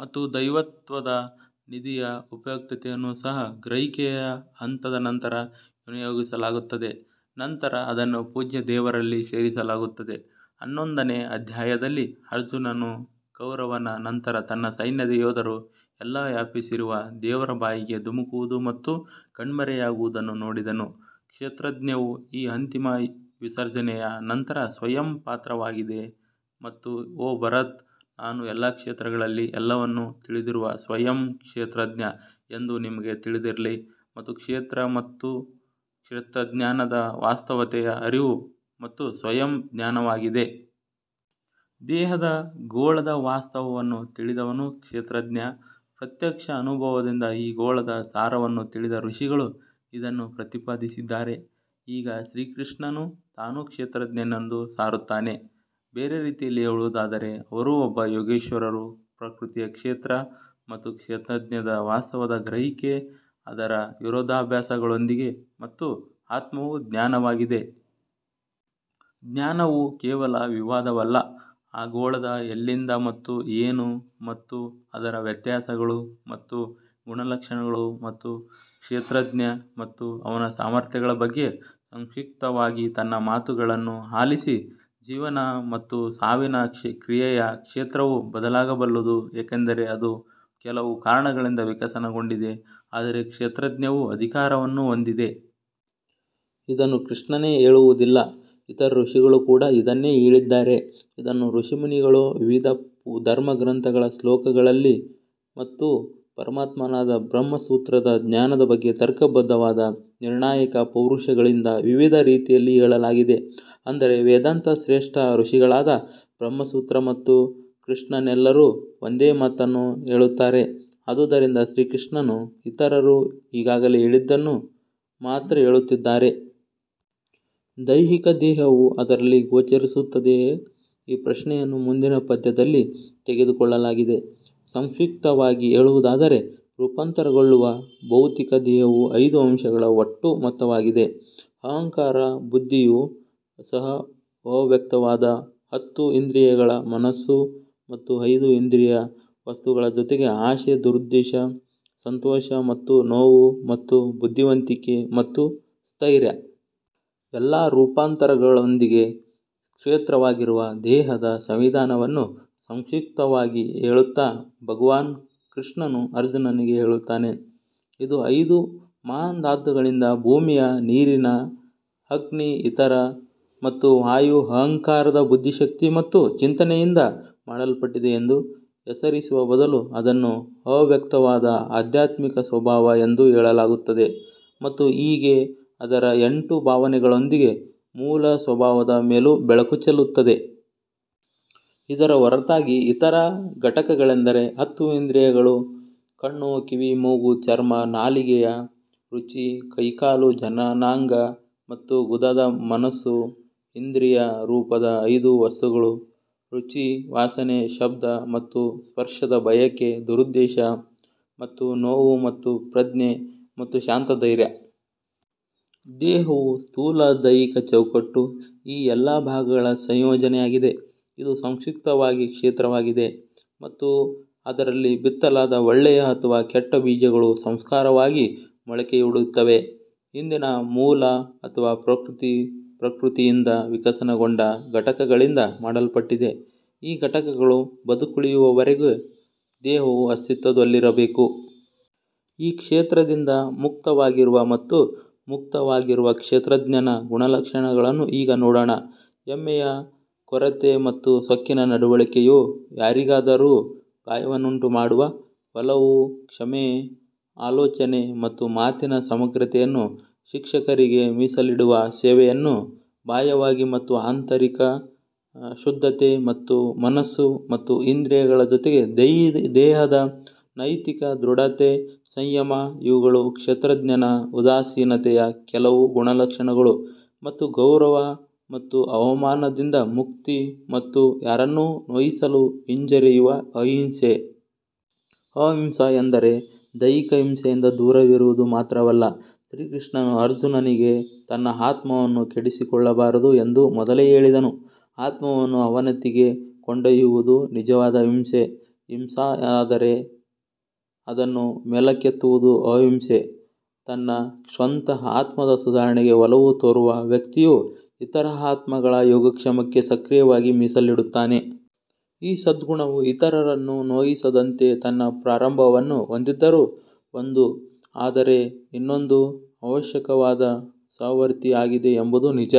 ಮತ್ತು ದೈವತ್ವದ ನಿಧಿಯ ಉಪಯುಕ್ತತೆಯನ್ನು ಸಹ ಗ್ರಹಿಕೆಯ ಹಂತದ ನಂತರ ವಿನಿಯೋಗಿಸಲಾಗುತ್ತದೆ ನಂತರ ಅದನ್ನು ಪೂಜ್ಯ ದೇವರಲ್ಲಿ ಸೇರಿಸಲಾಗುತ್ತದೆ. ಹನ್ನೊಂದನೇ ಅಧ್ಯಾಯದಲ್ಲಿ ಅರ್ಜುನನು ಕೌರವನ ನಂತರ ತನ್ನ ಸೈನ್ಯದ ಯೋಧರು ಎಲ್ಲಾ ವ್ಯಾಪಿಸಿರುವ ದೇವರ ಬಾಯಿಗೆ ಧುಮುಕುವುದು ಮತ್ತು ಕಣ್ಮರೆಯಾಗುವುದನ್ನು ನೋಡಿದನು. ಕ್ಷೇತ್ರಜ್ಞವು ಈ ಅಂತಿಮ ವಿಸರ್ಜನೆಯ ನಂತರ ಸ್ವಯಂ ಪಾತ್ರವಾಗಿದೆ ಮತ್ತು ಓ ಭರತ್ ನಾನು ಎಲ್ಲಾ ಕ್ಷೇತ್ರಗಳಲ್ಲಿ ಎಲ್ಲವನ್ನೂ ತಿಳಿದಿರುವ ಸ್ವಯಂ ಕ್ಷೇತ್ರಜ್ಞ ಎಂದು ನಿಮಗೆ ತಿಳಿದಿರಲಿ ಮತ್ತು ಕ್ಷೇತ್ರ ಮತ್ತು ಕ್ಷೇತ್ರಜ್ಞಾನದ ವಾಸ್ತವತೆಯ ಅರಿವು ಮತ್ತು ಸ್ವಯಂ ಜ್ಞಾನವಾಗಿದೆ. ದೇಹದ ಗೋಳದ ವಾಸ್ತವವನ್ನು ತಿಳಿದವನು ಕ್ಷೇತ್ರಜ್ಞ ಪ್ರತ್ಯಕ್ಷ ಅನುಭವದಿಂದ ಈ ಗೋಳದ ಸಾರವನ್ನು ತಿಳಿದ ಋಷಿಗಳು ಇದನ್ನು ಪ್ರತಿಪಾದಿಸಿದ್ದಾರೆ. ಈಗ ಶ್ರೀಕೃಷ್ಣನು ತಾನೂ ಕ್ಷೇತ್ರಜ್ಞನೆಂದು ಸಾರುತ್ತಾನೆ ಬೇರೆ ರೀತಿಯಲ್ಲಿ ಹೇಳುವುದಾದರೆ ಅವರೂ ಒಬ್ಬ ಯೋಗೇಶ್ವರರು ಪ್ರಕೃತಿಯ ಕ್ಷೇತ್ರ ಮತ್ತು ಕ್ಷೇತ್ರಜ್ಞದ ವಾಸ್ತವದ ಗ್ರಹಿಕೆ ಅದರ ವಿರೋಧಾಭಾಸಗಳೊಂದಿಗೆ ಮತ್ತು ಆತ್ಮವು ಜ್ಞಾನವಾಗಿದೆ. ಜ್ಞಾನವು ಕೇವಲ ವಿವಾದವಲ್ಲ ಆ ಗೋಳದ ಎಲ್ಲಿಂದ ಮತ್ತು ಏನು ಮತ್ತು ಅದರ ವ್ಯತ್ಯಾಸಗಳು ಮತ್ತು ಗುಣಲಕ್ಷಣಗಳು ಮತ್ತು ಕ್ಷೇತ್ರಜ್ಞ ಮತ್ತು ಅವನ ಸಾಮರ್ಥ್ಯಗಳ ಬಗ್ಗೆ ಸಂಕ್ಷಿಪ್ತವಾಗಿ ನನ್ನ ಮಾತುಗಳನ್ನು ಆಲಿಸಿ. ಜೀವನ ಮತ್ತು ಸಾವಿನ ಕ್ರಿಯೆಯ ಕ್ಷೇತ್ರವು ಬದಲಾಗಬಲ್ಲದು ಏಕೆಂದರೆ ಅದು ಕೆಲವು ಕಾರಣಗಳಿಂದ ವಿಕಸನಗೊಂಡಿದೆ ಆದರೆ ಕ್ಷೇತ್ರಜ್ಞವು ಅಧಿಕಾರವನ್ನು ಹೊಂದಿದೆ. ಇದನ್ನು ಶ್ರೀಕೃಷ್ಣನೇ ಹೇಳುವುದಿಲ್ಲ ಇತರ ಋಷಿಗಳು ಕೂಡ ಇದನ್ನೇ ಹೇಳಿದ್ದಾರೆ ಇದನ್ನು ಋಷಿಮುನಿಗಳು ವಿವಿಧ ಧರ್ಮಗ್ರಂಥಗಳ ಶ್ಲೋಕಗಳಲ್ಲಿ ಮತ್ತು ಪರಮಾತ್ಮನಾದ ಬ್ರಹ್ಮಸೂತ್ರದ ಜ್ಞಾನದ ಬಗ್ಗೆ ತರ್ಕಬದ್ಧವಾದ ನಿರ್ಣಾಯಕ ಪೌರುಷಗಳಿಂದ ವಿವಿಧ ರೀತಿಯಲ್ಲಿ ಹೇಳಲಾಗಿದೆ. ಅಂದರೆ ವೇದಾಂತ ಶ್ರೇಷ್ಠ ಋಷಿಗಳಾದ ಬ್ರಹ್ಮಸೂತ್ರ ಮತ್ತು ಶ್ರೀಕೃಷ್ಣನೆಲ್ಲರೂ ಒಂದೇ ಮಾತನ್ನು ಹೇಳುತ್ತಾರೆ ಆದುದರಿಂದ ಶ್ರೀಕೃಷ್ಣನು ಇತರರು ಈಗಾಗಲೇ ಹೇಳಿದ್ದನ್ನು ಮಾತ್ರ ಹೇಳುತ್ತಿದ್ದಾನೆ. ದೈಹಿಕ ದೇಹವು ಅದರಲ್ಲಿ ಗೋಚರಿಸುತ್ತದೆಯೇ ಈ ಪ್ರಶ್ನೆಯನ್ನು ಮುಂದಿನ ಪದ್ಯದಲ್ಲಿ ತೆಗೆದುಕೊಳ್ಳಲಾಗಿದೆ. ಸಂಕ್ಷಿಪ್ತವಾಗಿ ಹೇಳುವುದಾದರೆ ರೂಪಾಂತರಗೊಳ್ಳುವ ಭೌತಿಕ ದೇಹವು ಐದು ಅಂಶಗಳ ಒಟ್ಟು ಮೊತ್ತವಾಗಿದೆ ಅಹಂಕಾರ ಬುದ್ಧಿಯು ಸಹ ಅವ್ಯಕ್ತವಾದ ಹತ್ತು ಇಂದ್ರಿಯಗಳ ಮನಸ್ಸು ಮತ್ತು ಐದು ಇಂದ್ರಿಯ ವಸ್ತುಗಳ ಜೊತೆಗೆ ಆಸೆ ದುರುದ್ದೇಶ ಸಂತೋಷ ಮತ್ತು ನೋವು ಮತ್ತು ಬುದ್ಧಿವಂತಿಕೆ ಮತ್ತು ಸ್ಥೈರ್ಯ. ಎಲ್ಲಾ ರೂಪಾಂತರಗಳೊಂದಿಗೆ ಕ್ಷೇತ್ರವಾಗಿರುವ ದೇಹದ ಸಂವಿಧಾನವನ್ನು ಸಂಕ್ಷಿಪ್ತವಾಗಿ ಹೇಳುತ್ತಾ ಭಗವಾನ್ ಕೃಷ್ಣನು ಅರ್ಜುನನಿಗೆ ಹೇಳುತ್ತಾನೆ ಇದು ಐದು ಮಹಾನ್ ಧಾತುಗಳಿಂದ ಭೂಮಿಯ ನೀರಿನ ಅಗ್ನಿ ಈಥರ್ ಮತ್ತು ವಾಯು ಅಹಂಕಾರದ ಬುದ್ಧಿಶಕ್ತಿ ಮತ್ತು ಚಿಂತನೆಯಿಂದ ಮಾಡಲ್ಪಟ್ಟಿದೆ ಎಂದು ಹೆಸರಿಸುವ ಬದಲು ಅದನ್ನು ಅವ್ಯಕ್ತವಾದ ಆಧ್ಯಾತ್ಮಿಕ ಸ್ವಭಾವ ಎಂದು ಕರೆಯಲಾಗುತ್ತದೆ ಮತ್ತು ಹೀಗೆ ಅದರ ಎಂಟು ಭಾಗಗಳೊಂದಿಗೆ ಮೂಲ ಸ್ವಭಾವದ ಮೇಲೆ ಬೆಳಕು ಚೆಲ್ಲುತ್ತದೆ. ಇದರ ಹೊರತಾಗಿ ಇತರ ಘಟಕಗಳೆಂದರೆ ಹತ್ತು ಇಂದ್ರಿಯಗಳು ಕಣ್ಣು ಕಿವಿ ಮೂಗು ಚರ್ಮ ನಾಲಿಗೆಯ ರುಚಿ ಕೈ ಕಾಲು ಜನನಾಂಗ ಮತ್ತು ಗುದದ ಮನಸ್ಸು ಇಂದ್ರಿಯ ರೂಪದ ಐದು ವಸ್ತುಗಳು ರುಚಿ ವಾಸನೆ ಶಬ್ದ ಮತ್ತು ಸ್ಪರ್ಶದ ಬಯಕೆ ದುರುದ್ದೇಶ ಮತ್ತು ನೋವು ಮತ್ತು ಪ್ರಜ್ಞೆ ಮತ್ತು ಶಾಂತ ಧೈರ್ಯ. ದೇಹವು ಸ್ಥೂಲ ದೈಹಿಕ ಚೌಕಟ್ಟು ಈ ಎಲ್ಲಾ ಭಾಗಗಳ ಸಂಯೋಜನೆಯಾಗಿದೆ ಇದು ಸಂಕ್ಷಿಪ್ತವಾಗಿ ಕ್ಷೇತ್ರವಾಗಿದೆ ಮತ್ತು ಅದರಲ್ಲಿ ಬಿತ್ತಲಾದ ಒಳ್ಳೆಯ ಅಥವಾ ಕೆಟ್ಟ ಬೀಜಗಳು ಸಂಸ್ಕಾರವಾಗಿ ಮೊಳಕೆಯೊಡೆಯುತ್ತವೆ ಹಿಂದಿನ ಮೂಲ ಅಥವಾ ಪ್ರಕೃತಿ ಪ್ರಕೃತಿಯಿಂದ ವಿಕಸನಗೊಂಡ ಘಟಕಗಳಿಂದ ಮಾಡಲ್ಪಟ್ಟಿದೆ ಈ ಘಟಕಗಳು ಬದುಕುಳಿಯುವವರೆಗೆ ದೇಹವು ಅಸ್ತಿತ್ವದಲ್ಲಿರಬೇಕು. ಈ ಕ್ಷೇತ್ರದಿಂದ ಮುಕ್ತವಾಗಿರುವ ಮತ್ತು ಮುಕ್ತವಾಗಿರುವ ಕ್ಷೇತ್ರಜ್ಞನ ಗುಣಲಕ್ಷಣಗಳನ್ನು ಈಗ ನೋಡೋಣ. ಹೆಮ್ಮೆಯ ಕೊರತೆ ಮತ್ತು ಸೊಕ್ಕಿನ ನಡವಳಿಕೆಯು ಯಾರಿಗಾದರೂ ಗಾಯವನ್ನುಂಟುಮಾಡುವ ಒಲವು ಕ್ಷಮೆ ಆಲೋಚನೆ ಮತ್ತು ಮಾತಿನ ಸಮಗ್ರತೆಯನ್ನು ಶಿಕ್ಷಕರಿಗೆ ಮೀಸಲಿಡುವ ಸೇವೆಯನ್ನು ಬಾಹ್ಯವಾಗಿ ಮತ್ತು ಆಂತರಿಕ ಶುದ್ಧತೆ ಮತ್ತು ಮನಸ್ಸು ಮತ್ತು ಇಂದ್ರಿಯಗಳ ಜೊತೆಗೆ ದೇಹದ ನೈತಿಕ ದೃಢತೆ ಸಂಯಮ ಇವುಗಳು ಕ್ಷೇತ್ರಜ್ಞನ ಉದಾಸೀನತೆಯ ಕೆಲವು ಗುಣಲಕ್ಷಣಗಳು ಮತ್ತು ಗೌರವ ಮತ್ತು ಅವಮಾನದಿಂದ ಮುಕ್ತಿ ಮತ್ತು ಯಾರನ್ನೂ ನೋಯಿಸಲು ಹಿಂಜರಿಯುವ ಅಹಿಂಸೆ. ಅಹಿಂಸಾ ಎಂದರೆ ದೈಹಿಕ ಹಿಂಸೆಯಿಂದ ದೂರವಿರುವುದು ಮಾತ್ರವಲ್ಲ ಶ್ರೀಕೃಷ್ಣನು ಅರ್ಜುನನಿಗೆ ತನ್ನ ಆತ್ಮವನ್ನು ಕೆಡಿಸಿಕೊಳ್ಳಬಾರದು ಎಂದು ಮೊದಲೇ ಹೇಳಿದನು ಆತ್ಮವನ್ನು ಅವನತಿಗೆ ಕೊಂಡೊಯ್ಯುವುದು ನಿಜವಾದ ಹಿಂಸೆ ಹಿಂಸಾ ಆದರೆ ಅದನ್ನು ಮೇಲಕ್ಕೆತ್ತುವುದು ಅಹಿಂಸೆ. ತನ್ನ ಸ್ವಂತ ಆತ್ಮದ ಸುಧಾರಣೆಗೆ ಒಲವು ತೋರುವ ವ್ಯಕ್ತಿಯು ಇತರ ಆತ್ಮಗಳ ಯೋಗಕ್ಷೇಮಕ್ಕೆ ಸಕ್ರಿಯವಾಗಿ ಮೀಸಲಿಡುತ್ತಾನೆ. ಈ ಸದ್ಗುಣವು ಇತರರನ್ನು ನೋಯಿಸದಂತೆ ತನ್ನ ಪ್ರಾರಂಭವನ್ನು ಹೊಂದಿದ್ದರೂ ಒಂದು ಆದರೆ ಇನ್ನೊಂದಕ್ಕೆ ಅವಶ್ಯಕವಾದ ಸಹವರ್ತಿಯಾಗಿದೆ ಎಂಬುದು ನಿಜ.